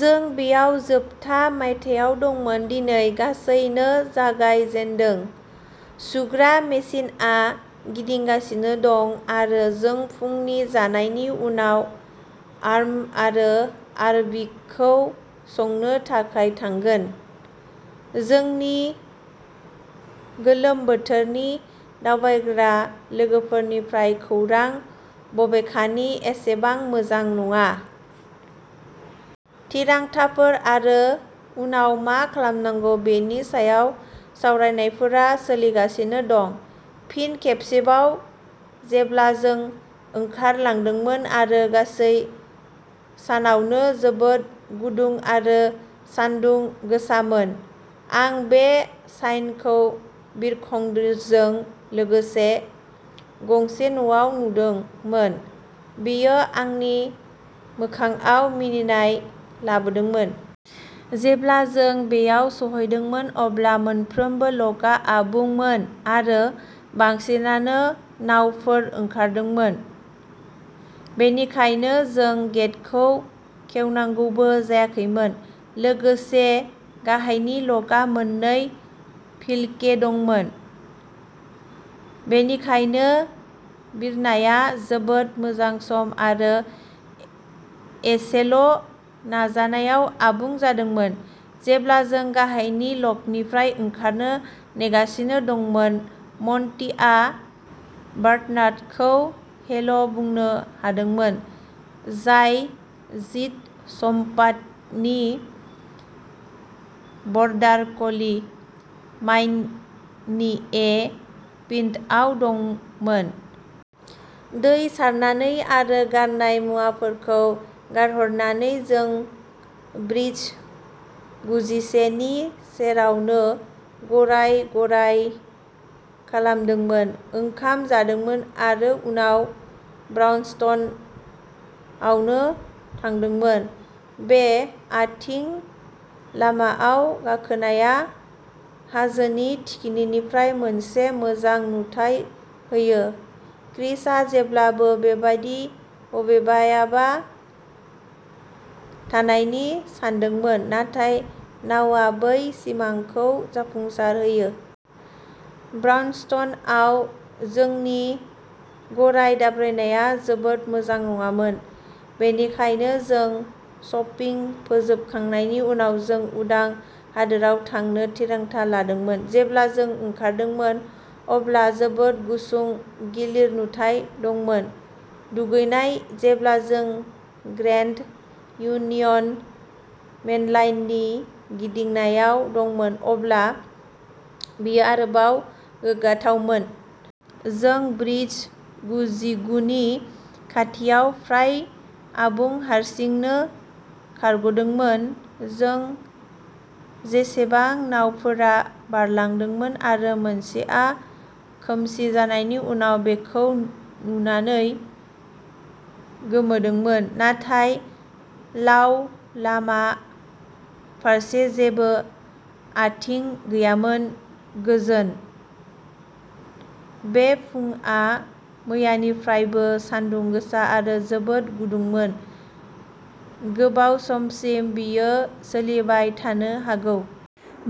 जों बेयाव जोबथा मायथाइयाव दंमोन दिनै लासैनो जागाय जेनदों सुग्रा मेसिनआ गिदिंगासिनो दं आरो जों फुंनि जानायनि उनाव आर्म आरो वारविकखौ संनो थाखाय थांगोन। जोंनि गोलोम बोथोरनि दावबायग्रा लोगोफोरनिफ्राय खौरां, बबेखानि, एसेबां मोजां नङा। थिरांथाफोर आरो उनाव मा खालामनांगौ बेनि सायाव सावरायनायफोरा सोलिगासिनो दं। फिन खेबसेबाव जेब्ला जों ओंखारलांदोंमोन आरो गासै सानावनो जोबोद गुदुं आरो सान्दुं गोसामोन। आं बे साइनखौ बिरखंजों लोगोसे गंसे न'आव नुदोंमोन बेयो आंनि मोखांआव मिनिनाय लाबोदोंमोन। जेब्ला जों बेयाव सौहैदोंमोन अब्ला मोनफ्रोमबो लकआ आबुंमोन आरो बांसिनानो नावफोर ओंखारदोंमोन। बेनिखायनो जों गेटखौ खेवनांगौबो जायाखैमोन। लोगोसे गाहायनि ल'कआव मोननै भिएलके दंमोन, बेनिखायनो बिरनाया जोबोद मोजां समाव आरो एसेल'नाजानायाव आबुं जादोंमोन। जेब्ला जों गाहायनि ल'कनिफ्राय ओंखारनो नेगासिनो दंमोन, मन्टिआ बार्नार्डखौ'हेल'बुंनो हादोंमोन, जाय जिद सप्तानि बर्डार कलि, माइननि ए पिन्टआव दंमोन। दै सारनानै आरो गारनाय मुवाफोरखौ गारहरनानै जों ब्रिज गुजिसे नि सेरावनो गराय-गराय खालामदोंमोन, ओंखाम जादोंमोन आरो उनाव ब्राउनस्टनआवनो थांदोंमोन। बे आथिं लामा आव गाखोनाया हाजोनि थिखिनिनिफ्राय मोनसे मोजां नुथाय होयो। क्रिसआ जेब्लाबो बेबादि बबेयावबा थानायनि सानदोंमोन, नाथाय नावआ बै सिमांखौ जाफुंसार होदों! ब्राउनस्टनआव जोंनि गराय दाब्रायनाया जोबोद मोजां नङामोन, बेनिखायनो जों शपिं फोजोबखांनायनि उनाव जों उदां हादोराव थांनो थिरांथा लादोंमोन। जेब्ला जों ओंखारदोंमोन, अब्ला जोबोद गुसुं गिलिर नुथाय दंमोन। दुगैनाय। जेब्ला जों ग्रेन्ड इउनियन मेनलाइननि गिदिंनायाव दंमोन, अब्ला बेयो आरोबाव गोग्गाथावमोन। जों ब्रिज गुजुिगुनि खाथियाव फ्राय आबुं हारसिंनो गरख'दोंमोन। जों बेसेबां नावफोरा बारलांदोंमोन आरो मोनसेआ खोमसि जानायनि उनाव, बेखौ नुनानै गोमोदोंमोन, नाथाय लाव लामा फारसे जेबो आथिं गैयामोन गोजोन। बे फुंआ मैयानिख्रुइबो सानदुं गोसा आरो जोबोद गुदुंमोन गोबाव समसिम बेयो सोलिबाय थानो हागौ।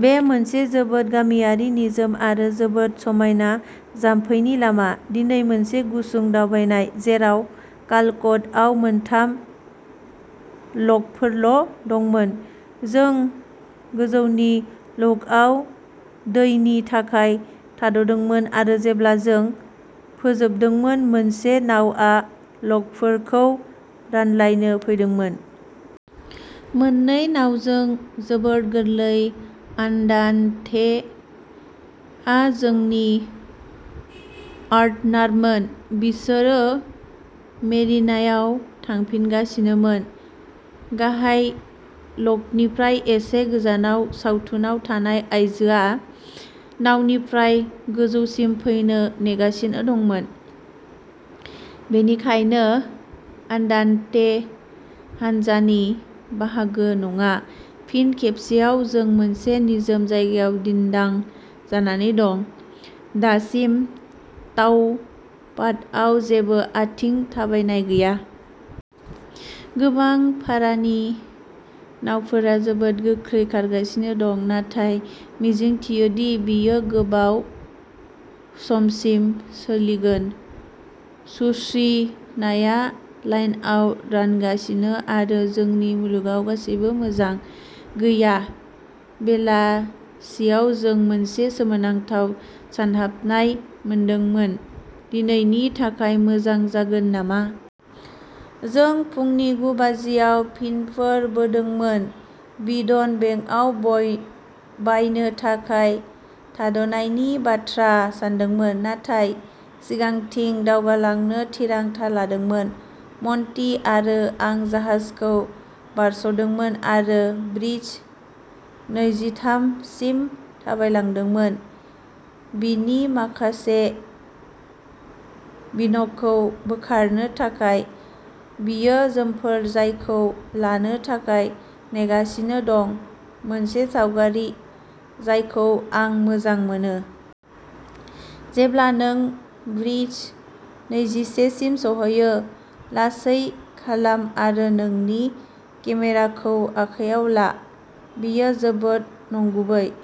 बेयो मोनसे जोबोद गामियारि निजोम आरो जोबोद समायना जाम्फैनि लामा। दिनै मोनसे गुसुं दावबायनाय, जेराव कालकटआव मोनथाम ल'कफोरल'दंमोन। जों गोजौनि ल'कआव दैनि थाखाय थाद'दोंमोन आरो जेब्ला जों फोजोबदोंमोन मोनसे नावआ ल'कफोरखौ रानलायनो फैदोंमोन। मोननै नावजों जोबोद गोरलै। आन्दान्तेआ जोंनि पार्टनारमोन-बिसोरो मेरिनायाव थांफिनगासिनोमोन, गाहाय ल'कनिफ्राय एसे गोजानाव। सावथुनाव थानाय आइजोआ नावनिफ्राय गोजौसिम फैनो नेगासिनो दंमोन, बेनिखायनो आन्दान्ते हान्जानि बाहागो नङा। फिन खेबसेबाव जों मोनसे निजोम जायगायाव दिन्दां जानानै दं, दासिम तावपाथआव जेबो आथिं थाबायनाय गैया। गोबां फारानि नावफोरा जोबोद गोख्रै खारगासिनो दं, नाथाय मिजिंथियो दि बेयो गोबाव समसिम सोलिगोन। सुस्रिनाया लाइनआव रानगासिनो आरो जोंनि मुलुगाव गासैबो मोजां। मैया बेलासियाव जों मोनसे सोमोनांथाव सानहाबनाय मोनदोंमोन। दिनैनि थाखाय मोजां जागोन नामा? जों फुंनि गु बाजिआव पिनफोर बोदोंमोन, वीडन बेकआव बायनो थाखाय थाद'नायनि बाथ्रा सानदोंमोन, नाथाय सिगांथिं दावगालांनो थिरांथा लादोंमोन। मन्टि आरो आं जाहाजखौ बारस'दोंमोन आरो ब्रिज नैजिथाम सिम थाबायलांदोंमोन बिनि माखासे'बिन'खौ बोखारनो थाखाय। बेयो जोंफोर, जायखौ लानो थाखाय नेगासिनो दं मोनसे सावगारि जायखौ आं मोजां मोनो। जेब्ला नों ब्रिज नैजिसे सिम सौहैयो, लासै खालाम आरो नोंनि केमेराखौ आखायाव ला। बेयो जोबोद नंगुबै ।